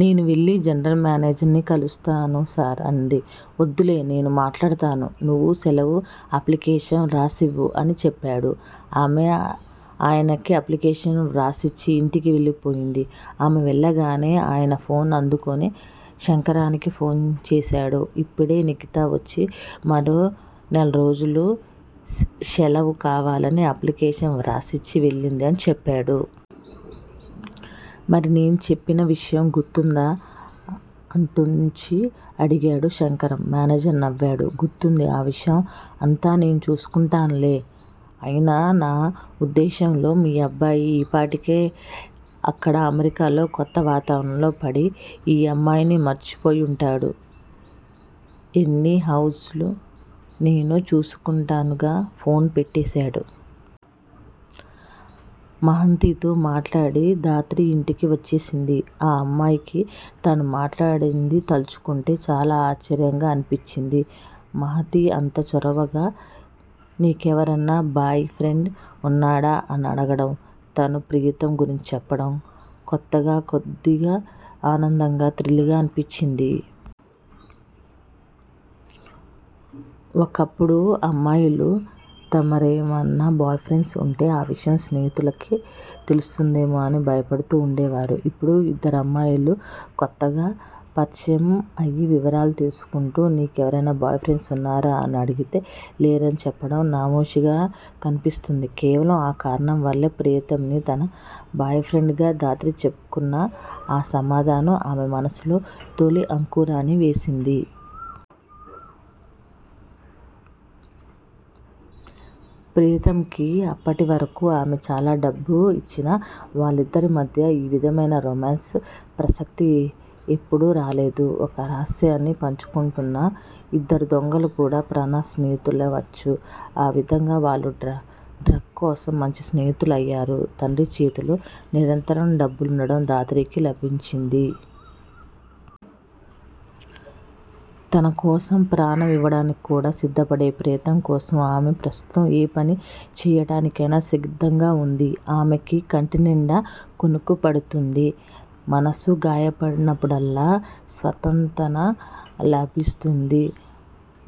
నేను వెళ్ళి జనరల్ మేనేజర్ని కలుస్తాను సార్ అంది. వద్దులే. నేను మాట్లాడతాను. నువ్వు సెలవు అప్లికేషన్ వ్రాసివ్వు అని చెప్పాడు. ఆమె ఆయనకి ఆప్లికేషన్ వ్రాసిచ్చి ఇంటికి వెళ్ళి పోయింది. ఆమె వెళ్ళగానే ఆయన ఫోన్ అందుకొని శంకరానికి ఫోన్ చేశాడు. ఇప్పుడే నిఖిత వచ్చి మరో నెలరోజులు శెలవు కావాలని అప్లికేషన్ వ్రాసిచ్చి వెళ్ళింది అని చెప్పాడు. మరి నేను చెప్పిన విషయం గుర్తుందా? అట్నుంచి అడిగాడు శంకరం. మేనేజర్ నవ్వాడు. గుర్తుంది. ఆ విషయం అంతా నేను చూసుకుంటానులే. అయినా నా వుద్దేశ్యంలో మీ అబ్బాయి ఈపాటికే అక్కడ అమెరికాలో కొత్త వాతావరణంలో పడి ఈ అమ్మాయిని మర్చిపోయుంటాడు. ఎనీ హౌ నేను చూసుకుంటానన్నానుగా ఫోన్ పెట్టేశాడు. మహతితో మాట్లాడి ధాత్రి ఇంటికి వచ్చేసింది. ఆ అమ్మాయికి తను మాట్లాడింది తల్చుకుంటే చాలా ఆశ్చర్యంగా అనిపించింది. మహతి అంత చొరవగా 'నీ కెవరన్నా బాయ్ ఫ్రెండ్స్ వున్నారా? ' అని అడగటం, తను ప్రీతమ్ గురించి చెప్పటం కొత్తగా, కొద్దిగా ఆనందంగా, థ్రిల్ గా అనిపించింది. ఒకప్పుడు అమ్మాయిలు తమకెవరన్నా బాయ్ ఫ్రెండ్స్ వుంటే ఆ విషయం స్నేహితులకి తెలుస్తుందేమో అని భయపడుతూ వుండేవారు. ఇప్పుడు ఇద్దరమ్మాయిలు కొత్తగా పరిచయం అయి వివరాలు తెలుసుకుంటూ 'నీ కెవరైనా బాయ్ ఫ్రెండ్స్ వున్నారా' అని అడిగితే లేరని చెప్పటం నామోషీగా కనిపిస్తోంది. కేవలం ఆ కారణం వల్లే ప్రీతమ్ ని తన బాయ్ ఫ్రెండ్ గా ధాత్రి చెప్పుకున్నా, ఆ సమాధానం ఆమె మనసులో తొలి అంకురాన్ని వేసింది. ప్రీతమ్ కి అప్పటివరకూ ఆమె చాలా డబ్బు ఇచ్చినా, వాళ్ళిద్దరి మధ్యా ఈ విధమైన రొమాన్స్ ప్రసక్తి ఎప్పుడూ రాలేదు. ఒక రహస్యాన్ని పంచుకుంటున్న ఇద్దరు దొంగలు కూడా ప్రాణ స్నేహితులవ్వచ్చు. ఆ విధంగా వాళ్ళు 'డ్రగ్' కోసం మంచి స్నేహితులయ్యారు. తండ్రి చేతిలో నిరంతరం డబ్బులుండటం ధాత్రికి లాభించింది. తనకోసం ప్రాణం ఇవ్వటానికి కూడా సిద్ధపడే ప్రీతమ్ కోసం ఆమె ప్రస్తుతం ఏ పని చేయాటానికైనా సిద్ధంగా వుంది. ఆమెకి కంటినిండా కునుకు పడుతోంది. మనసు గాయపడినప్పుడల్లా స్వాంతన లభిస్తోంది.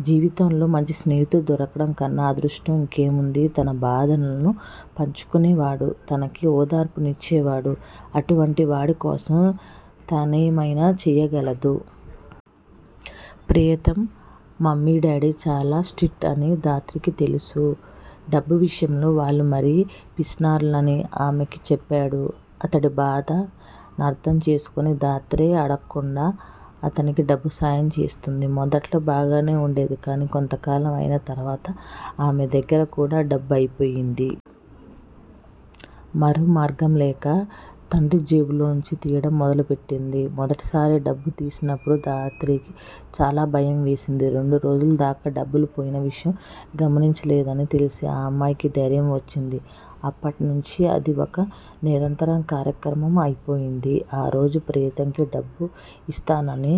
జీవితంలో మంచి స్నేహితుడు దొరకటం కన్నా అదృష్టం ఇంకేముంటుంది? తన బాధలు పంచుకునేవాడు, తనకి ఓదార్పు నిచ్చేవాడు అటువంటి వాడికోసం తనేమైనా చేయగలదు. ప్రీతమ్ మమ్మీ, డాడీ చాలా స్ట్రిక్ట్ అని ధాత్రికి తెలుసు. డబ్బు విషయంలో వాళ్ళు మరీ పిసినారులని ఆమెకి చెప్పాడు. అతడి బాధ నర్థం చేసుకొని ధాత్రే అడక్కుండా అతనికి డబ్బుసాయం చేస్తోంది. మొదట్లో బాగానే వుండేది. కాని కొంతకాలం అయిన తర్వాత ఆమె దగ్గర కూడా డబ్బు అయిపోయింది. మరో మార్గంలేక తండ్రి జేబులోంచి తీయడం మొదలుపెట్టింది. మొదటిసారి డబ్బు తీసినప్పుడు ధాత్రికి చాలా భయం వేసింది. రెండు రోజుల దాకా డబ్బు పోయిన విషయం గమనించలేదని తెలిసి ఆ అమ్మాయికి ధైర్యం వచ్చింది. అప్పటినుంచి అది ఇక నిరంతరం కార్యక్రమం అయిపోయింది. ఆ రోజు ప్రీతమ్ కి డబ్బు ఇస్తానని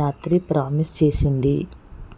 రాత్రి ప్రామిస్ చేసింది.